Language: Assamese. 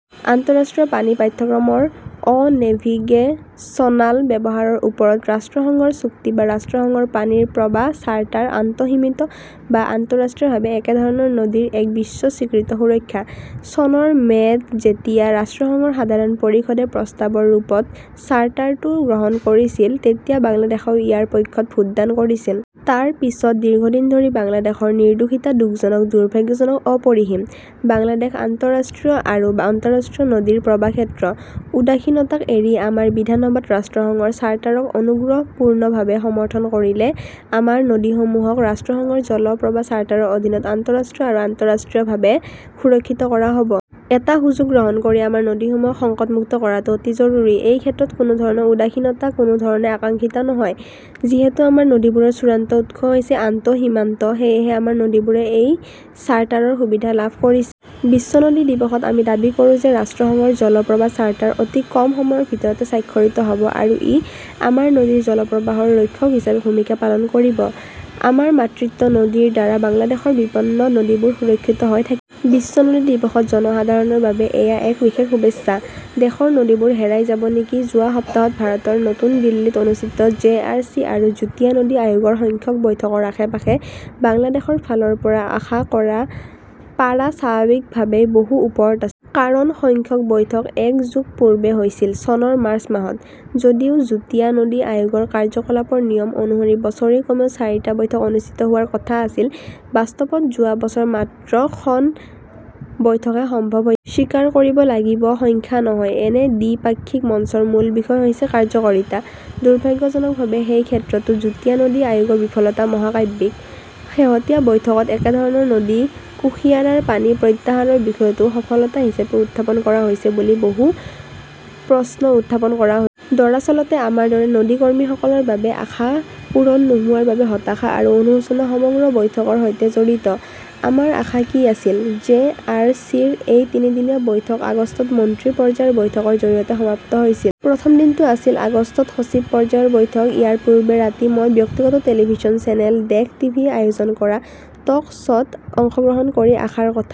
আন্তঃৰাষ্ট্ৰীয় পানী পাঠ্যক্ৰমৰ অ-নেভিগেচনাল ব্যৱহাৰৰ ওপৰত ৰাষ্ট্ৰসংঘৰ চুক্তি বা ৰাষ্ট্ৰসংঘৰ পানীৰ প্ৰৱাহ চাৰ্টাৰ, আন্তঃসীমিত বা আন্তঃৰাষ্ট্ৰীয়ভাৱে একেধৰণৰ নদীৰ এক বিশ্ব স্বীকৃত সুৰক্ষা। চনৰ মে’ত যেতিয়া ৰাষ্ট্ৰসংঘৰ সাধাৰণ পৰিষদে প্ৰস্তাৱৰ ৰূপত চাৰ্টাৰটো গ্ৰহণ কৰিছিল, তেতিয়া বাংলাদেশেও ইয়াৰ পক্ষত ভোটদান কৰিছিল। তাৰ পিছত দীৰ্ঘদিন ধৰি বাংলাদেশৰ নিৰ্দোষিতা দুখজনক, দুৰ্ভাগ্যজনক, অপৰিসীম। বাংলাদেশ আন্তঃৰাষ্ট্ৰীয় আৰু আন্তঃৰাষ্ট্ৰীয় নদীৰ প্ৰৱাহ ক্ষেত্ৰ। উদাসীনতাক এৰি আমাৰ বিধান সভাত ৰাষ্ট্ৰসংঘৰ চাৰ্টাৰক অনুগ্ৰহপূৰ্ণভাৱে সমৰ্থন কৰিলে আমাৰ নদীসমূহক ৰাষ্ট্ৰসংঘৰ জল প্ৰবাহ চাৰ্টাৰৰ অধীনত আন্তঃৰাষ্ট্ৰীয় আৰু আন্তঃৰাষ্ট্ৰীয়ভাৱে সুৰক্ষিত কৰা হ 'ব। এই সুযোগ গ্ৰহণ কৰি আমাৰ নদীসমূহক সংকটমুক্ত কৰাটো অতি জৰুৰী। এই ক্ষেত্ৰত কোনো ধৰণৰ উদাসীনতা কোনো ধৰণে আকাংক্ষিত নহয়। যিহেতু আমাৰ নদীবোৰৰ চূড়ান্ত উৎস হৈছে আন্তঃসীমান্ত, সেয়েহে আমাৰ নদীবোৰে এই চাৰ্টাৰৰ সুবিধা লাভ কৰিছে। বিশ্ব নদী দিৱসত আমি দাবী কৰোঁ যে 'ৰাষ্ট্ৰসংঘৰ জল প্ৰবাহ চাৰ্টাৰ ' অতি কম সময়ৰ ভিতৰতে স্বাক্ষৰিত হ 'ব আৰু ই আমাৰ নদীৰ জল প্ৰবাহৰ ৰক্ষক হিচাপে ভূমিকা পালন কৰিব। আমাৰ মাতৃত্ব নদীৰ দ্বাৰা বাংলাদেশৰ বিপন্ন নদীবোৰ সুৰক্ষিত হৈ থাকিব। বিশ্ব নদী দিৱসত জনসাধাৰণৰ বাবে এয়া এক বিশেষ শুভেচ্ছা। দেশৰ নদীবোৰ হেৰাই যাব নেকি যোৱা সপ্তাহত ভাৰতৰ নতুন দিল্লীত অনুষ্ঠিত জে. আৰ. চি. আৰু যুটীয়া নদী আয়োগৰ সংখ্যক বৈঠকৰ আশে-পাশে বাংলাদেশৰ ফালৰ পৰা আশা কৰা পাৰা স্বাভাৱিকভাৱেই বহু ওপৰত আছিল। কাৰণ, সংখ্যক বৈঠক এক যুগ পূৰ্বে হৈছিল- চনৰ মাৰ্চ মাহত। যদিও যুটীয়া নদী আয়োগৰ কাৰ্য্যকলাপৰ নিয়ম অনুসৰি বছৰি কমেও চাৰিটা বৈঠক অনুষ্ঠিত হোৱাৰ কথা আছিল, বাস্তৱত যোৱা বছৰত মাত্ৰ খন বৈঠকহে সম্ভৱ হৈছে। স্বীকাৰ কৰিব লাগিব-সংখ্যা নহয়, এনে দ্বিপাক্ষিক মঞ্চৰ মূল বিষয় হৈছে কাৰ্য্যকৰীতা। দুৰ্ভাগ্যজনকভাৱে, সেই ক্ষেত্ৰতো যুটীয়া নদী আয়োগৰ বিফলতা মহাকাব্যিক। শেহতীয়া বৈঠকত একেধৰণৰ নদী কুশিয়াৰাৰ পানী প্ৰত্যাহাৰৰ বিষয়টোও সফলতা হিচাপে উত্থাপন কৰা হৈছে বুলি প্ৰশ্ন উত্থাপন কৰা হৈছে। দৰাচলতে, আমাৰ দৰে নদী কৰ্মীসকলৰ বাবে, আশা পূৰণ নোহোৱাৰ বাবে হতাশা আৰু অনুশোচনা সমগ্ৰ বৈঠকৰ সৈতে জড়িত। আমাৰ আশা কি আছিল জে. আৰ. চি. ৰ এই তিনিদিনীয়া বৈঠক আগষ্টত মন্ত্ৰী পৰ্যায়ৰ বৈঠকৰ জৰিয়তে সমাপ্ত হৈছিল। প্ৰথম দিনটো আছিল আগষ্টত সচিব পৰ্যায়ৰ বৈঠক। ইয়াৰ পূৰ্বে ৰাতি, মই ব্যক্তিগত টেলিভিছন চেনেল দেশ টিভিয়ে আয়োজন কৰা টক শ্ব "ত অংশগ্ৰহণ কৰি আশাৰ কথা